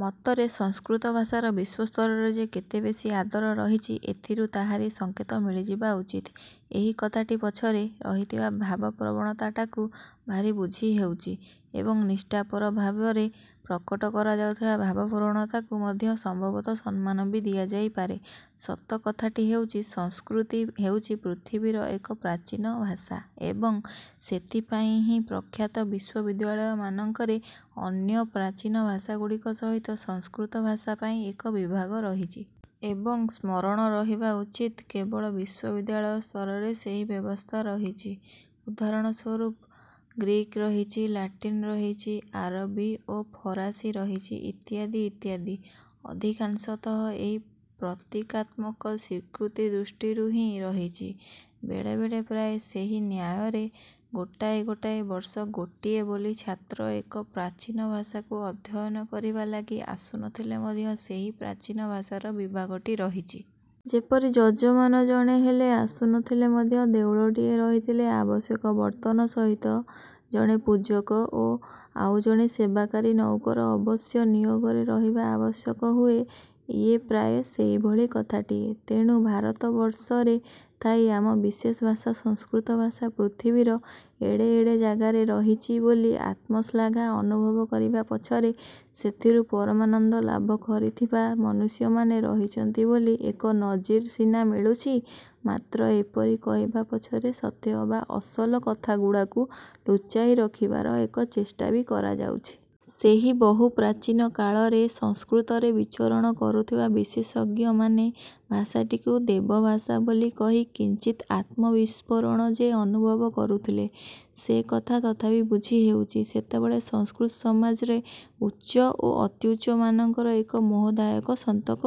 ମତରେ, ସଂସ୍କୃତ ଭାଷାର ବିଶ୍ୱସ୍ତରରେ ଯେ କେତେବେଶୀ ଆଦର ରହିଛି, ଏଥିରୁ ତାହାରି ସଙ୍କେତ ମିଳିଯିବା ଉଚିତ। ଏହି କଥାଟି ପଛରେ ରହିଥିବା ଭାବପ୍ରବଣତାଟାକୁ ଭାରି ବୁଝି ହେଉଛି ଏବଂ ନିଷ୍ଠାପର ଭାବରେ ପ୍ରକଟ କରାଯାଉଥିବା ଭାବପ୍ରବଣତାକୁ ମଧ୍ୟ ସମ୍ଭବତଃ ସମ୍ମାନ ବି ଦିଆଯାଇପାରେ। ସତ କଥାଟି ହେଉଛି, ସଂସ୍କୃତି ହେଉଛି ପୃଥିବୀର ଏକ ପ୍ରାଚୀନ ଭାଷା ଏବଂ, ସେଥିପାଇଁ ହିଁ ପ୍ରଖ୍ୟାତ ବିଶ୍ୱବିଦ୍ୟାଳୟ ମାନଙ୍କରେ ଅନ୍ୟ ପ୍ରାଚୀନ ଭାଷାଗୁଡ଼ିକ ସହିତ ସଂସ୍କୃତ ଭାଷା ପାଇଁ ଏକ ବିଭାଗ ରହିଛି। ଏବଂ, ସ୍ମରଣ ରହିବା ଉଚିତ, କେବଳ ବିଶ୍ଵବିଦ୍ୟାଳୟ ସ୍ତରରେ ସେହି ବ୍ୟବସ୍ଥା ରହିଛି। ଉଦାହରଣ ସ୍ଵରୂପ, ଗ୍ରୀକ୍ ରହିଛି, ଲାଟିନ୍ ରହିଛି, ଆରବୀ ଓ ଫରାସୀ ରହିଛି, ଇତ୍ୟାଦି, ଇତ୍ୟାଦି। ଅଧିକାଂଶତଃ ଏକ ପ୍ରତୀକାତ୍ମକ ସ୍ୱୀକୃତି ଦୃଷ୍ଟିରୁ ହିଁ ରହିଛି। ବେଳେ ବେଳେ, ପ୍ରାୟ ସେହି ନ୍ୟାୟରେ, ଗୋଟାଏ ଗୋଟାଏ ବର୍ଷ ଗୋଟିଏ ବୋଲି ଛାତ୍ର ଏକ ପ୍ରାଚୀନ ଭାଷାକୁ ଅଧ୍ୟୟନ କରିବା ଲାଗି ଆସୁନଥିଲେ ମଧ୍ୟ ସେହି ପ୍ରାଚୀନ ଭାଷାର ବିଭାଗଟି ରହିଛି। ଯେପରି, ଯଜମାନ ଜଣେ ହେଲେ ଆସୁନଥିଲେ ମଧ୍ୟ ଦେଉଳଟିଏ ରହିଥିଲେ ଆବଶ୍ୟକ ବର୍ତ୍ତନ ସହିତ ଜଣେ ପୂଜକ ଓ ଆଉ ଜଣେ ସେବାକାରୀ ନଉକର ଅବଶ୍ୟ ନିୟୋଗରେ ରହିବା ଆବଶ୍ୟକ ହୁଏ, ଇଏ ପ୍ରାୟ ସେହିଭଳି କଥାଟିଏ। ତେଣୁ, ଭାରତବର୍ଷରେ ଥାଇ ଆମ ବିଶେଷ ଭାଷା ସଂସ୍କୃତ ଭାଷା ପୃଥିବୀର ଏଡ଼େ ଏଡ଼େ ଜାଗାରେ ରହିଛି ବୋଲି ଆତ୍ମଶ୍ଳାଘା ଅନୁଭବ କରିବା ପଛରେ ସେଥିରୁ ପରମାନନ୍ଦ ଲାଭ କରିଥିବା ମନୁଷ୍ୟମାନେ ରହିଛନ୍ତି ବୋଲି ଏକ ନଜିର ସିନା ମିଳୁଛି, ମାତ୍ର ଏପରି କହିବା ପଛରେ ସତେ ଅବା ଅସଲ କଥାଗୁଡ଼ାକୁ ଲୁଚାଇ ରଖିବାର ଏକ ଚେଷ୍ଟା ବି କରାଯାଉଛି। ସେହି ବହୁ ପ୍ରାଚୀନ କାଳରେ ସଂସ୍କୃତରେ ବିଚରଣ କରୁଥିବା ବିଶେଷଜ୍ଞମାନେ ଭାଷାଟିକୁ ଦେବଭାଷା ବୋଲି କହି କିଞ୍ଚିତ୍ ଆତ୍ମବିସ୍ଫୋରଣ ଯେ ଅନୁଭବ କରୁଥିଲେ, ସେ କଥା ତଥାପି ବୁଝି ହେଉଛି। ସେତେବେଳେ ସଂସ୍କୃତ ସମାଜରେ ଉଚ୍ଚ ଓ ଅତ୍ୟୁଚ୍ଚମାନଙ୍କର ଏକ ମୋହଦାୟକ ସନ୍ତକ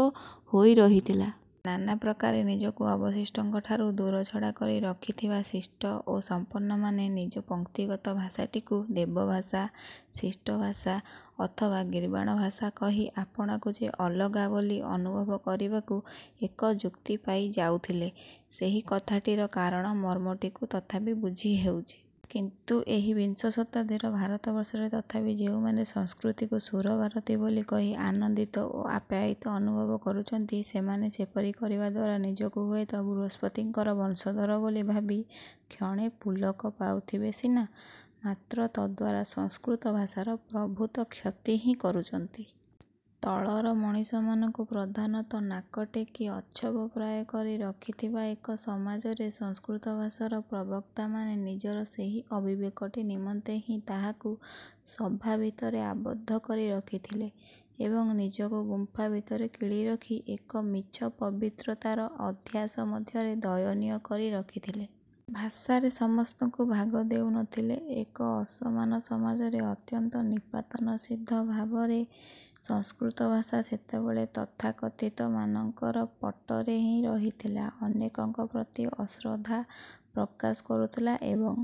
ହୋଇ ରହିଥିଲା। ନାନା ପ୍ରକାରେ ନିଜକୁ ଅବଶିଷ୍ଟଙ୍କଠାରୁ ଦୂରଛଡ଼ା କରି ରଖିଥିବା ଶିଷ୍ଟ ଓ ସମ୍ପନ୍ନମାନେ ନିଜ ପଂକ୍ତିଗତ ଭାଷାଟିକୁ ଦେବଭାଷା, ଶିଷ୍ଟ ଭାଷା ଅଥବା ଗୀର୍ବାଣ ଭାଷା କହି ଆପଣାକୁ ଯେ ଅଲଗା ବୋଲି ଅନୁଭବ କରିବାକୁ ଏକ ଯୁକ୍ତି ପାଇ ଯାଉଥିଲେ, ସେହି କଥାଟିର କାରଣ- ମର୍ମଟିକୁ ତଥାପି ବୁଝି ହେଉଛି। କିନ୍ତୁ, ଏହି ବିଂଶ ଶତାବ୍ଦୀର ଭାରତବର୍ଷରେ ତଥାପି ଯେଉଁମାନେ ସଂସ୍କୃତିକୁ ସୁରଭାରତୀ ବୋଲି କହି ଆନନ୍ଦିତ ଓ ଆପ୍ୟାୟିତ ଅନୁଭବ କରୁଛନ୍ତି, ସେମାନେ ସେପରି କରିବା ଦ୍ଵାରା ନିଜକୁ ହୁଏତ ବୃହସ୍ପତିଙ୍କର ବଂଶଧର ବୋଲି ଭାବି କ୍ଷଣେ ପୁଲକ ପାଉଥିବେ ସିନା, ମାତ୍ର ତଦ୍ଦ୍ୱାରା ସଂସ୍କୃତ ଭାଷାର ପ୍ରଭୂତ କ୍ଷତି ହିଁ କରୁଛନ୍ତି। ତଳର ମଣିଷମାନଙ୍କୁ ପ୍ରଧାନତଃ ନାକଟେକି ଅଚ୍ଛବ ପ୍ରାୟ କରି ରଖିଥିବା ଏକ ସମାଜରେ ସଂସ୍କୃତ ଭାଷାର ପ୍ରବକ୍ତାମାନେ ନିଜର ସେହି ଅବିବେକଟି ନିମନ୍ତେ ହିଁ ତାହାକୁ ସଭା ଭିତରେ ଆବଦ୍ଧ କରି ରଖିଥିଲେ ଏବଂ ନିଜକୁ ଗୁମ୍ଫା ଭିତରେ କିଳି ରଖି ଏକ ମିଛ ପବିତ୍ରତାର ଅଧ୍ୟାସ ମଧ୍ୟରେ ଦୟନୀୟ କରି ରଖିଥିଲେ। ଭାଷାରେ ସମସ୍ତଙ୍କୁ ଭାଗ ଦେଉନଥିଲେ। ଏକ ଅସମାନ ସମାଜରେ ଅତ୍ୟନ୍ତ ନିପାତନସିଦ୍ଧ ଭାବରେ ସଂସ୍କୃତ ଭାଷା ସେତେବେଳେ ତଥାକଥିତ ମାନଙ୍କର ପଟରେ ହିଁ ରହିଥିଲା,- ଅନେକଙ୍କ ପ୍ରତି ଅଶ୍ରଦ୍ଧା ପ୍ରକାଶ କରୁଥିଲା। ଏବଂ,